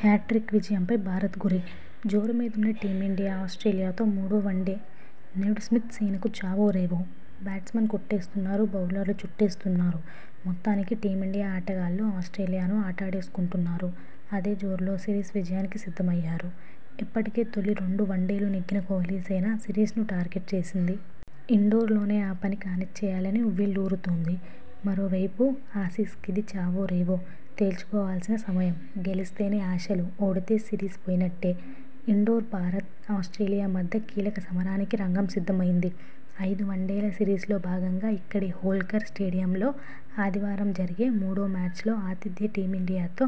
Hat trick విజయం పై భారత్ గురి జోరుమీదున్న టీమిండియా ఆస్ట్రేలియా తో మూడో వన్డే నేడు స్మిత్ సేనకు చావో రేవోబ్యాట్స్మెన్ కొట్టేస్తున్నారు, బౌలర్లు చుట్టేస్తున్నారు, మొత్తానికి టీమిండియా ఆటగాళ్లు ఆస్ట్రేలియా ను ఆటాడేసుకుంటున్నారు! అదే జోరులో సిరీస్ విజయానికి సిద్ధమయ్యారు! ఇప్పటికే తొలి రెండు వన్డేలు నెగ్గిన కోహ్లీసేన సిరీస్ను టార్గెట్ చేసింది! ఇండోర్లోనే ఆ పని కానిచ్చేయాలని ఉవ్విళ్లూరుతోంది! మరో వైపు ఆసీస్కిది చావో రేవో తేల్చుకోవాల్సిన సమయం! గెలిస్తేనే ఆశలు, ఓడితే సిరీస్ పోయినట్టే! ఇండోర్ భారత్, ఆస్ట్రేలియా మధ్య కీలక సమరానికి రంగం సిద్ధమైంది. ఐదు వన్డేల సిరీస్లో భాగంగా ఇక్కడి హోల్కర్ స్టేడియంలో ఆదివారం జరిగే మూడో మ్యాచ్లో ఆతిథ్య టీమిండియాతో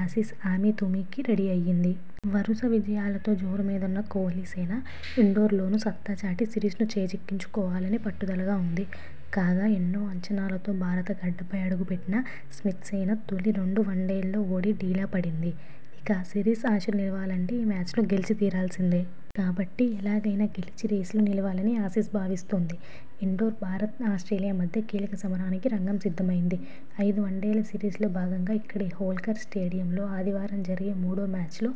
ఆసీస్ అమీ తుమీకి రెడీ అయింది. వరుస విజయాలతో జోరు మీదున్న కోహ్లీ సేన ఇండోర్లోనూ సత్తాచాటి సిరీస్ను చేజిక్కించుకోవాలని పట్టుదలగా ఉంది. కాగా, ఎన్నోఅంచనాలతో భారత గడ్డపై అడుగు పెట్టిన స్మిత్సేన తొలి రెండు వన్డేల్లో ఓడి డీలా పడింది. ఇక సిరీస్ ఆశలు నిలవాలంటే ఈ మ్యాచ్లో గెలిచి తీరాల్సిందే. కాబట్టి ఎలాగైనా గెలిచి రేసులో నిలవాలని ఆసీస్ భావిస్తోంది! ఇండోర్ భారత్, ఆస్ట్రేలియా మధ్య కీలక సమరానికి రంగం సిద్ధమైంది. ఐదు వన్డేల సిరీస్లో భాగంగా ఇక్కడి హోల్కర్ స్టేడియం లో ఆదివారం జరిగే మూడో మ్యాచ్లో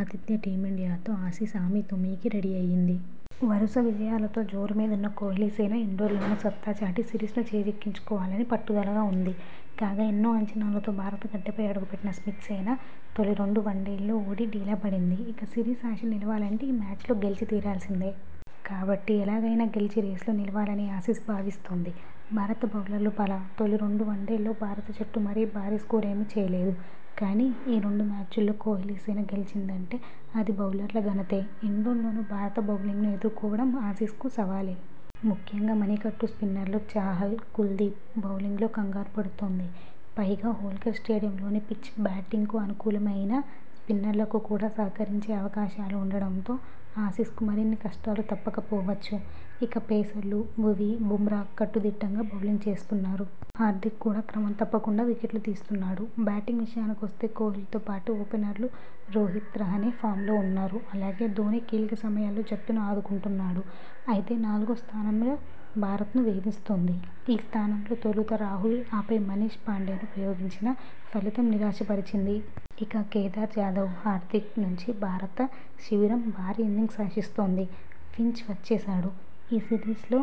ఆతిథ్య టీమిండియా తో ఆసీస్ అమీ తుమీకి రెడీ అయింది. వరుస విజయాలతో జోరు మీదున్న కోహ్లీ సేన ఇండోర్లోనూ సత్తాచాటి సిరీస్ను చేజిక్కించుకోవాలని పట్టుదలగా ఉంది. కాగా, ఎన్నోఅంచనాలతో భారత గడ్డపై అడుగు పెట్టిన స్మిత్సేన తొలి రెండు వన్డేల్లో ఓడి డీలా పడింది. ఇక సిరీస్ ఆశలు నిలవాలంటే ఈ మ్యాచ్లో గెలిచి తీరాల్సిందే. కాబట్టి ఎలాగైనా గెలిచి రేసులో నిలవాలని ఆసీస్ భావిస్తోంది! భారత బౌలర్లు భళా.. తొలి రెండు వన్డేల్లో భారత జట్టు మరీ భారీ స్కోరేమీ చేయలేదు. కానీ, ఈ రెండు మ్యాచ్ల్లో కోహ్లీసేన గెలిచిందంటే అది బౌలర్ల ఘనతే. ఇండోర్లోనూ భారత బౌలింగ్ను ఎదుర్కోవ డం ఆసీస్కు సవాలే. ముఖ్యంగా మణి కట్టు స్పిన్నర్లు చాహల్, కుల్దీప్ బౌలింగ్లో కంగారు పడుతోంది. పైగా హోల్కర్ స్టేడియం లోని పిచ్ బ్యాటింగ్కు అనుకూలమే అయినా స్పిన్నర్లకు కూడా సహకరించే అవకాశాలు ఉండడంతో ఆసీస్కు మరిన్ని కష్టాలు తప్పక పోవచ్చు. ఇక పేసర్లు భువీ, బుమ్రా కట్టు దిట్టంగా బౌలింగ్ చేస్తున్నారు. హార్దిక్ కూడా క్రమం తప్పకుండా వికెట్లు తీస్తున్నా డు. బ్యాటింగ్ విషయాని కొస్తే, కోహ్లీతో పాటు ఓపెనర్లు రోహిత్, రహానె ఫామ్లో ఉన్నారు. అలాగే ధోనీ కీలక సమయాల్లో జట్టును ఆదుకుంటున్నాడు. అయితే నాలుగో స్థానమే భారత్ను వేధిస్తోంది. ఈ స్థానంలో తొలుత రాహుల్, ఆపై మనీష్ పాండేను ప్రయోగించినా ఫలితం నిరాశ పరిచింది. ఇక కేదార్ జాదవ్, హార్దిక్ నుంచి భారత శిబిరం భారీ ఇన్నింగ్స్ ఆశిస్తోంది. ఫించ్ వచ్చేశాడు.. ఈ సిరీస్లో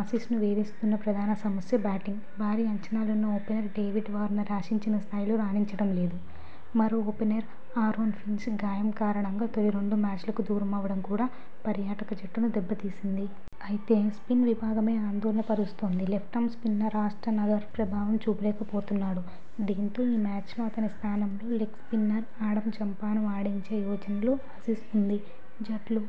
ఆసీస్ను వేధిస్తున్న ప్రధాన సమస్య బ్యాటింగ్. భారీ అంచనాలున్న ఓపెనర్ డేవిడ్ వార్నర్ ఆశించిన స్థాయిలో రాణించడం లేదు. మరో ఓపెనర్ ఆరోన్ ఫించ్ గాయం కారణంగా తొలి రెండు మ్యాచ్లకు దూరమవడం కూడా పర్యాటక జట్టును దెబ్బ తీసింది. అయితే స్పిన్ విభాగమే ఆందోళన పరుస్తోంది. లెఫ్టామ్ స్పిన్నర్ ఆస్టన్ అగర్ ప్రభావం చూపలేక పోతున్నాడు. దీంతో ఈ మ్యాచ్లో అతని స్థానంలో లెగ్స్పిన్నర్ ఆడమ్ జంపాను ఆడించే యోచనలో ఆసీస్ ఉంది. జట్లు